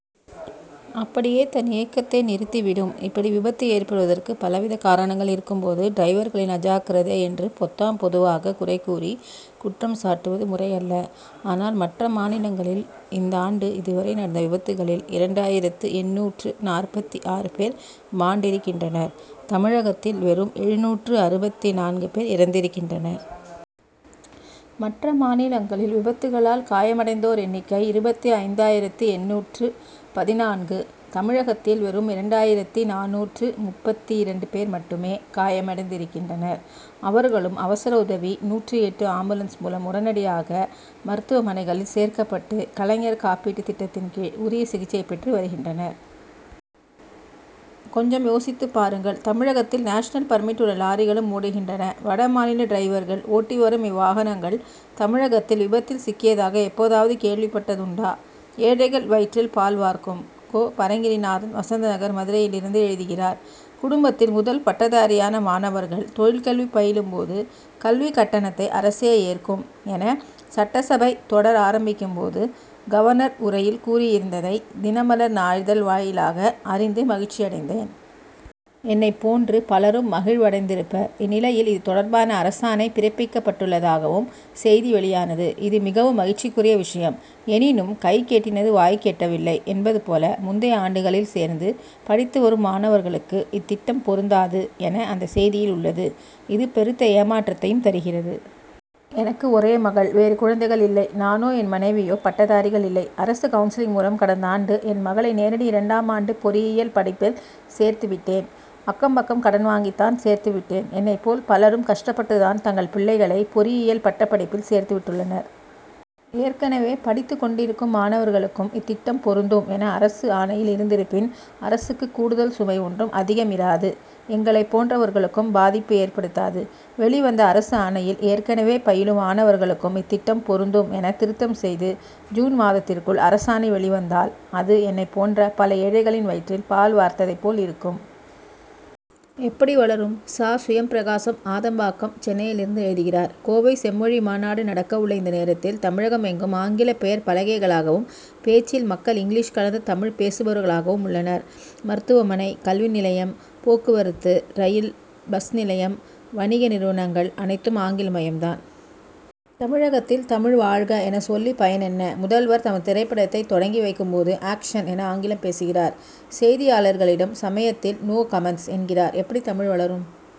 அப்படியே தன் இயக்கத்தை நிறுத்தி விடும். இப்படி விபத்து ஏற்படுவதற்கு பலவித காரணங்கள் இருக்கும்போது டிரைவர்களின் அஜாக்கிரதை என்று பொத்தாம் பொதுவாக குறை கூறி குற்றம் சாட்டுவது முறையல்ல. ஆனால் மற்ற மாநிலங்களில் இந்தாண்டு இதுவரை நடந்த விபத்துகளில் இரண்டாயிரத்து எண்ணூற்று நாற்பத்தி ஆறு பேர் மாண்டிருக்கின்றனர் தமிழகத்தில் வெறும் எழுநூற்று அறுபத்தி நான்கு பேர் இறந்திருக்கின்றனர். மற்ற மாநிலங்களில் விபத்துகளால் காயமடைந்தோர் எண்ணிக்கை இருபத்தி ஐந்தாயிரத்து எண்ணூற்று பதினான்கு தமிழகத்தில் வெறும் இரண்டாயிரத்து நானூற்று முப்பத்தி இரண்டு பேர் மட்டுமே காயமடைந்திருக்கின்றனர். அவர்களும் அவசர உதவி நூற்று எட்டு ஆம்புலன்ஸ் மூலம் உடனடியாக மருத்துவமனைகளில் சேர்க்கப்பட்டு கலைஞர் காப்பீட்டுத் திட்டத்தின் கீழ் உரிய சிகிச்சை பெற்று வருகின்றனர். கொஞ்சம் யோசித்துப் பாருங்கள் தமிழகத்தில் நேஷனல் பர்மிட் உள்ள லாரிகளும் ஓடுகின்றன. வட மாநில டிரைவர்கள் ஓட்டிவரும் இவ்வாகனங்கள் தமிழகத்தில் விபத்தில் சிக்கியதாக எப்போதாவது கேள்விப்பட்டதுண்டா? ஏழைகள் வயிற்றில் பால் வார்க்கும்! கோ. பரங்கிரிநாதன் வசந்த நகர் மதுரையிலிருந்து எழுதுகிறார் குடும்பத்தில் முதல் பட்டதாரியான மாணவர்கள் தொழிற்கல்வி பயிலும்போது கல்விக் கட்டணத்தை அரசே ஏற்கும் என சட்டசபை தொடர் ஆரம்பிக்கும் போது கவர்னர் உரையில் கூறியிருந்ததை தினமலர் நாளிதழ் வாயிலாக அறிந்து மகிழ்ச்சியடைந்தேன். என்னைப் போன்று பலரும் மகிழ்வடைந்திருப்பர். இந்நிலையில் இது தொடர்பான அரசாணை பிறப்பிக்கப்பட்டுள்ளதாகவும் செய்தி வெளியானது இது மிகவும் மகிழ்ச்சிக்குரிய விஷயம். எனினும் கைக்கு எட்டினது வாய்க்கு எட்டவில்லை என்பது போல முந்தைய ஆண்டுகளில் சேர்ந்து படித்து வரும் மாணவர்களுக்கு இத் திட்டம் பொருந்தாது என அந்த செய்தியில் உள்ளது இது பெருத்த ஏமாற்றத்தையும் தருகிறது. எனக்கு ஒரே மகள் வேறு குழந்தைகள் இல்லை. நானோ என் மனைவியோ பட்டதாரிகள் இல்லை. அரசு கவுன்சிலிங் மூலம் கடந்தாண்டு என் மகளை நேரடி இரண்டாமாண்டு பொறியியல் படிப்பில் சேர்த்து விட்டேன். அக்கம் பக்கம் கடன் வாங்கித்தான் சேர்த்துவிட்டேன். என்னைப் போல் பலரும் கஷ்டப்பட்டுதான் தங்கள் பிள்ளைகளை பொறியியல் பட்டப்படிப்பில் சேர்த்து விட்டுள்ளனர். ஏற்கனவே படித்துக் கொண்டிருக்கும் மாணவர்களுக்கும் இத்திட்டம் பொருந்தும் என அரசு ஆணையில் இருந்திருப்பின் அரசுக்கு கூடுதல் சுமை ஒன்றும் அதிகமிராது எங்களைப் போன்றவர்களுக்கும் பாதிப்பு ஏற்படுத்தாது. வெளிவந்த அரசு ஆணையில் ஏற்கனவே பயிலும் மாணவர்களுக்கும் இத்திட்டம் பொருந்தும் என திருத்தம் செய்து ஜூன் மாதத்திற்குள் அரசாணை வெளிவந்தால் அது என்னைப் போன்ற பல ஏழைகளின் வயிற்றில் பால் வார்த்ததைப் போல் இருக்கும். எப்படி வளரும்? சா. சுயம்பிரகாசம் ஆதம் பாக்கம் சென்னையிலிருந்து எழுதுகிறார் கோவை செம்மொழி மாநாடு நடக்க உள்ள இந்த நேரத்தில் தமிழகம் எங்கும் ஆங்கில பெயர்ப் பலகைகளாகவும் பேச்சில் மக்கள் இங்கிலீஷ் கலந்த தமிழ் பேசுபவர்களாகவும் உள்ளனர். மருத்துவமனை கல்வி நிலையம் போக்குவரத்து ரயில் பஸ் நிலையம் வணிக நிறுவனங்கள் அனைத்தும் ஆங்கில மயம் தான். தமிழகத்தில் தமிழ் வாழ்க என சொல்லி பயன் என்ன? முதல்வர் தமது திரைப்படத்தை தொடங்கி வைக்கும் போது ஆக்ஷன் என ஆங்கிலம் பேசுகிறார். செய்தியாளர்களிடம் சமயத்தில் நோ கமென்ட்ஸ் என்கிறார். எப்படி தமிழ் வளரும்?